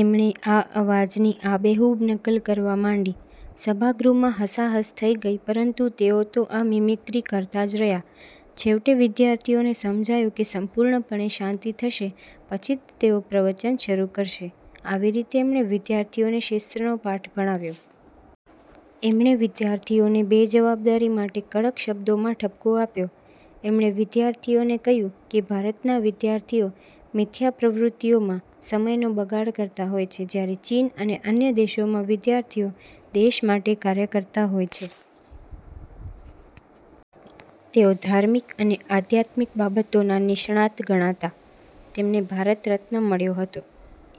એમણે આ અવાજની આબેહૂબ નકલ કરવા માંડી. સભાગૃહમાં હસાહસ થઇ ગઈ પરંતુ તેઓ તો આ મિમિક્રી કરતા જ રહ્યા. છેવટે વિદ્યાર્થીઓને સમજાયું કે સંપૂર્ણપણે શાંતિ થશે પછી જ તેઓ પ્રવચન શરુ કરશે. આવી રીતે એમણે વિદ્યાર્થીઓને શિસ્તનો પાઠ ભણાવ્યો. એમણે વિદ્યાર્થીઓને બેજવાબદારી માટે કડક શબ્દોમાં ઠપકો આપ્યો. એમણે વિદ્યાર્થીઓને કહ્યું કે ભારતના વિદ્યાર્થીઓ મિથ્યા પ્રવૃત્તિઓમાં સમયનો બગાડ કરતા હોય છે જયારે ચીન અને અન્ય દેશોમાં વિદ્યાર્થીઓ દેશ માટે કાર્ય કરતા હોય છે. તેઓ ધાર્મિક અને આધ્યાત્મિક બાબતોના નિષ્ણાત ગણાતા. એમને ભારતરત્ન મળ્યો હતો.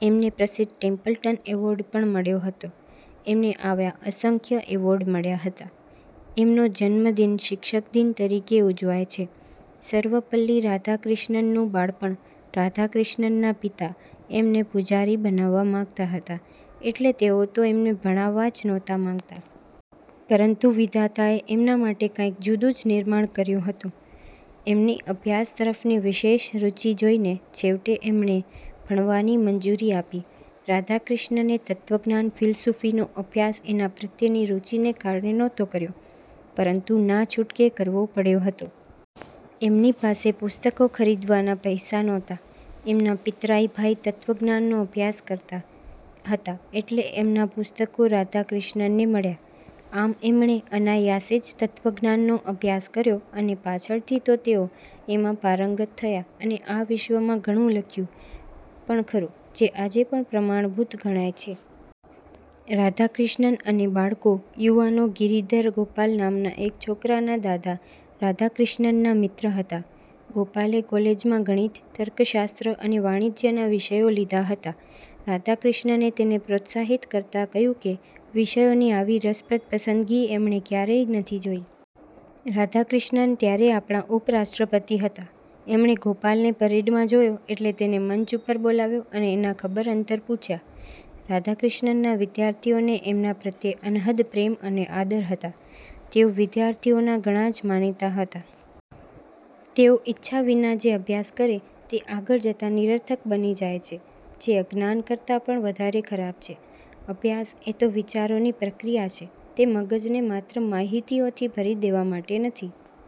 એમને પ્રસિદ્ધ ટેમ્પલ્ટન એવોર્ડ પણ મળ્યો હતો. એમને આવા અસંખ્ય એવોર્ડ મળ્યા હતા. એમનો જન્મદિન શિક્ષકદિન તરીકે ઉજવાય છે. સર્વપલ્લી રાધાક્રિશ્નનનું બાળપણ રાધાક્રિશ્નનના પિતા એમને પૂજારી બનાવવા માંગતા હતા એટલે તેઓ તો એમને ભણાવવા જ નહોતા માંગતા! પરંતુ વિધાતાએ એમના માટે કાંઈક જુદું જ નિર્માણ કર્યું હતું! એમની અભ્યાસ તરફની વિશેષ રુચિ જોઈને છેવટે એમને ભણવાની મંજૂરી આપી. રાધાક્રિશ્નને તત્વજ્ઞાન-ફિલસુફીનો અભ્યાસ એના પ્રત્યેની રુચિને કારણે નહોતો કર્યો પરંતુ ના છૂટકે કરવો પડયો હતો. એમની પાસે પુસ્તકો ખરીદવાના પૈસા નહોતા. એમના પિતરાઈ ભાઈ તત્વજ્ઞાનનો અભ્યાસ કરતા હતા એટલે એમના પુસ્તકો રાધાક્રિશ્નનને મળ્યા. આમ એમણે અનાયાસે જ તત્વજ્ઞાનનો અભ્યાસ કર્યો અને પાછળથી તો તેઓ એમાં પારંગત થયા અને આ વિષયમાં ઘણું લખ્યું પણ ખરું જે આજે પણ પ્રમાણભૂત ગણાય છે. રાધાક્રિશ્નન અને બાળકો / યુવાનો ગિરિધર ગોપાલ નામના એક છોકરાના દાદા રાધાક્રિશ્નનના મિત્ર હતા. ગોપાલે કોલેજમાં ગણિત, તર્કશાસ્ત્ર અને વાણિજ્યના વિષયો લીધા હતા. રાધાક્રિશ્નને તેને પ્રોત્સાહિત કરતાં કહ્યું કે વિષયોની આવી રસપ્રદ પસંદગી એમણે ક્યારેય નથી જોઈ. રાધાક્રિશ્નન ત્યારે આપણા ઉપરાષ્ટ્રપતિ હતા. એમણે ગોપાલને પરેડમાં જોયો એટલે તેને મંચ ઉપર બોલાવ્યો અને એના ખબરઅંતર પૂછ્યા. રાધાક્રિશ્નનના વિદ્યાર્થીઓને એમના પ્રત્યે અનહદ પ્રેમ અને આદર હતા. તેઓ વિદ્યાર્થીઓના ઘણા જ માનીતા હતા. તેઓ ઈચ્છા વિના જે અભ્યાસ કરે તે આગળ જતાં નિરર્થક બની જાય છે જે અજ્ઞાન કરતાં પણ વધારે ખરાબ છે. અભ્યાસ એ તો વિચારોની પ્રક્રિયા છે. તે મગજને માત્ર માહિતીઓથી ભરી દેવા માટે નથી.